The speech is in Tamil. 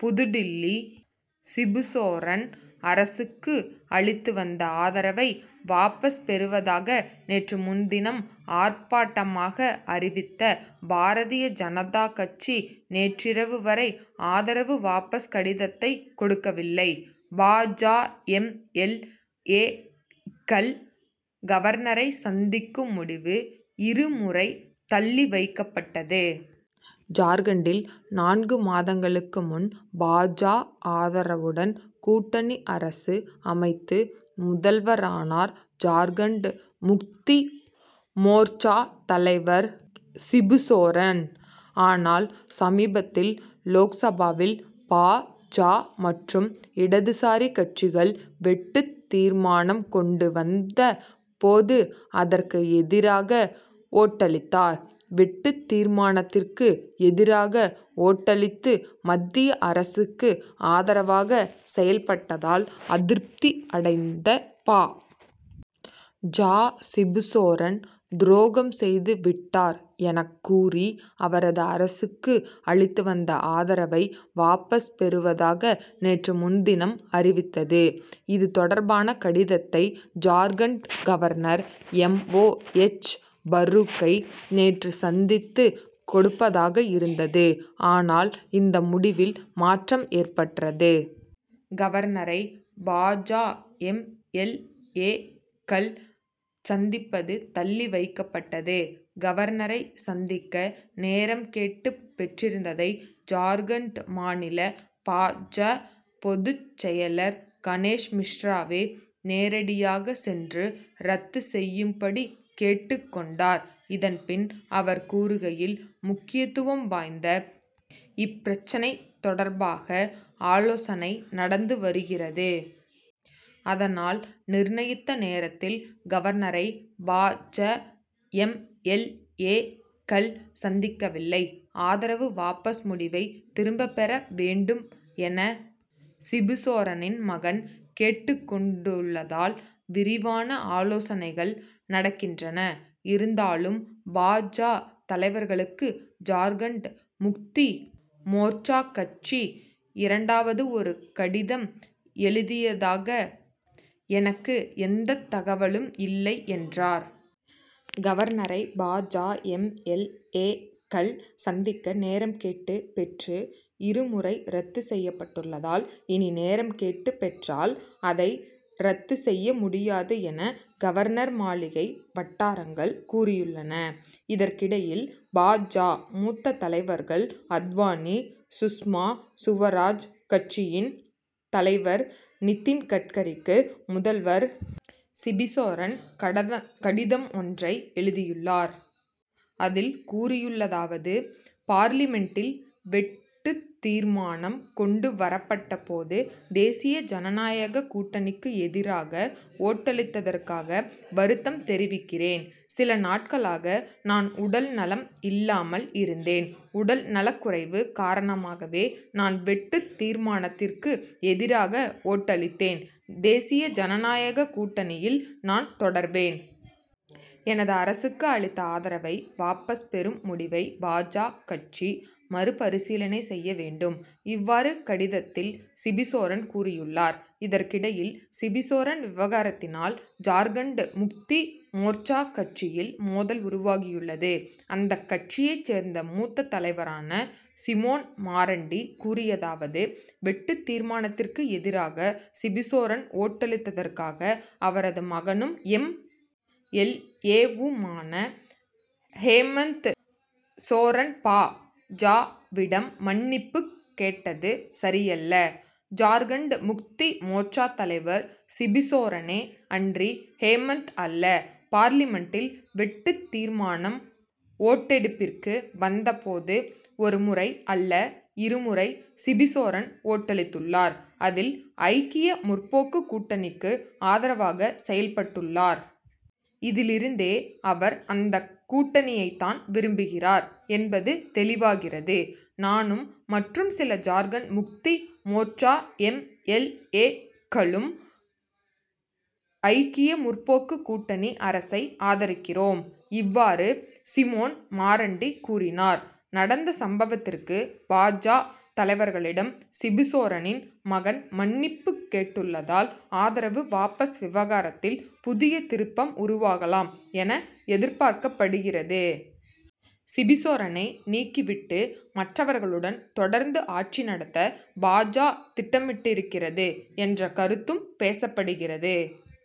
புதுடில்லி சிபுசோரன் அரசுக்கு அளித்து வந்த ஆதரவை வாபஸ் பெறுவதாக நேற்று முன்தினம் ஆர்ப்பாட்டமாக அறிவித்த பாரதிய ஜனதா கட்சி நேற்றிரவு வரை ஆதரவு வாபஸ் கடிதத்தை கொடுக்கவில்லை. பா. ஜ. எம். எல். ஏ.க்கள் கவர்னரை சந்திக்கும் முடிவு இரு முறை தள்ளி வைக்கப்பட்டது. ஜார்க்கண்டில் நான்கு மாதங்களுக்கு முன் பா. ஜ. ஆதரவுடன் கூட்டணி அரசு அமைத்து முதல்வரானார் ஜார்க்கண்ட் முக்தி மோர்ச்சா தலைவர் சிபுசோரன். ஆனால் சமீபத்தில் லோக்சபாவில் பா. ஜ. மற்றும் இடதுசாரி கட்சிகள் வெட்டுத் தீர்மானம் கொண்டு வந்த போது அதற்கு எதிராக ஓட்டளித்தார். வெட்டுத் தீர்மானத்திற்கு எதிராக ஓட்டளித்து மத்திய அரசுக்கு ஆதரவாக செயல்பட்டதால் அதிருப்தி அடைந்த பா. ஜ. சிபுசோரன் துரோகம் செய்து விட்டார் எனக் கூறி அவரது அரசுக்கு அளித்து வந்த ஆதரவை வாபஸ் பெறுவதாக நேற்று முன்தினம் அறிவித்தது. இது தொடர்பான கடிதத்தை Jharkhand governor M. O. H. பரூக்கை நேற்று சந்தித்து கொடுப்பதாக இருந்தது. ஆனால் இந்த முடிவில் மாற்றம் ஏற்பட்டது. கவர்னரை பா. ஜ. எம். எல். ஏ.க்கள் சந்திப்பது தள்ளி வைக்கப்பட்டது. கவர்னரை சந்திக்க நேரம் கேட்டுப் பெற்றிருந்ததை ஜார்க்கண்ட் மாநில பா. ஜ. பொதுச் செயலர் கணேஷ் மிஸ்ராவே நேரடியாக சென்று ரத்து செய்யும்படி கேட்டுக் கொண்டார். இதன்பின் அவர் கூறுகையில் முக்கியத்துவம் வாய்ந்த இப்பிரச்னை தொடர்பாக ஆலோசனை நடந்து வருகிறது. அதனால் நிர்ணயித்த நேரத்தில் கவர்னரை பா. ஜ. எம். எல். ஏ.க்கள் சந்திக்கவில்லை. ஆதரவு வாபஸ் முடிவை திரும்பப் பெற வேண்டும் என சிபுசோரனின் மகன் கேட்டுக் கொண்டுள்ளதால் விரிவான ஆலோசனைகள் நடக்கின்றன. இருந்தாலும் பா. ஜ. தலைவர்களுக்கு ஜார்க்கண்ட் முக்தி மோர்ச்சா கட்சி இரண்டாவது ஒரு கடிதம் எழுதியதாக எனக்கு எந்தத் தகவலும் இல்லை என்றார். கவர்னரை பா. ஜ. எம். எல். ஏ.க்கள் சந்திக்க நேரம் கேட்டு பெற்று இரு முறை ரத்து செய்யப்பட்டுள்ளதால் இனி நேரம் கேட்டு பெற்றால் அதை ரத்து செய்ய முடியாது என கவர்னர் மாளிகை வட்டாரங்கள் கூறியுள்ளன. இதற்கிடையில் பா. ஜ. மூத்த தலைவர்கள் அத்வானி சுஷ்மா சுவராஜ் கட்சியின் தலைவர் நிதின் கட்காரிக்கு முதல்வர் சிபுசோரன் கடிதம் ஒன்றை எழுதியுள்ளார். அதில் கூறியுள்ளதாவது பார்லிமென்டில் வெட்டுத் தீர்மானம் கொண்டு வரப்பட்ட போது தேசிய ஜனநாயக கூட்டணிக்கு எதிராக ஓட்டளித்ததற்காக வருத்தம் தெரிவிக்கிறேன். சில நாட்களாக நான் உடல் நலம் இல்லாமல் இருந்தேன். உடல் நலக்குறைவு காரணமாகவே நான் வெட்டுத் தீர்மானத்திற்கு எதிராக ஓட்டளித்தேன். தேசிய ஜனநாயக கூட்டணியில் நான் தொடர்வேன். எனது அரசுக்கு அளித்த ஆதரவை வாபஸ் பெறும் முடிவை பா. ஜ. கட்சி மறுபரிசீலனை செய்ய வேண்டும். இவ்வாறு கடிதத்தில் சிபுசோரன் கூறியுள்ளார். இதற்கிடையில் சிபுசோரன் விவகாரத்தினால் ஜார்க்கண்ட் முக்தி மோர்ச்சா கட்சியில் மோதல் உருவாகியுள்ளது. அந்தக் கட்சியைச் சேர்ந்த மூத்த தலைவரான சிமோன் மராண்டி கூறியதாவது வெட்டுத் தீர்மானத்திற்கு எதிராக சிபுசோரன் ஓட்டளித்ததற்காக அவரது மகனும் எம். எல். ஏ.வுமான ஹேமந்த் சோரன் பா. ஜ.விடம் மன்னிப்புக் கேட்டது சரியல்ல. ஜார்க்கண்ட் முக்தி மோர்ச்சா தலைவர் சிபுசோரனே அன்றி ஹேமந்த் அல்ல. பார்லிமென்டில் வெட்டுத் தீர்மானம் ஓட்டெடுப்பிற்கு வந்த போது ஒரு முறை அல்ல இரு முறை சிபுசோரன் ஓட்டளித்துள்ளார். அதில் ஐக்கிய முற்போக்கு கூட்டணிக்கு ஆதரவாக செயல்பட்டுள்ளார். இதிலிருந்தே அவர் அந்தக் கூட்டணியைத்தான் விரும்புகிறார் என்பது தெளிவாகிறது. நானும் மற்றும் சில ஜார்க்கண்ட் முக்தி மோர்ச்சா எம். எல். ஏ.க்களும் ஐக்கிய முற்போக்கு கூட்டணி அரசை ஆதரிக்கிறோம். இவ்வாறு சிமோன் மராண்டி கூறினார். நடந்த சம்பவத்திற்கு பா. ஜ. தலைவர்களிடம் சிபுசோரனின் மகன் மன்னிப்புக் கேட்டுள்ளதால் ஆதரவு வாபஸ் விவகாரத்தில் புதிய திருப்பம் உருவாகலாம் என எதிர்பார்க்கப்படுகிறது. சிபு சோரனை நீக்கி விட்டு மற்றவர்களுடன் தொடர்ந்து ஆட்சி நடத்த பா. ஜ. திட்டமிட்டிருக்கிறது என்ற கருத்தும் பேசப்படுகிறது.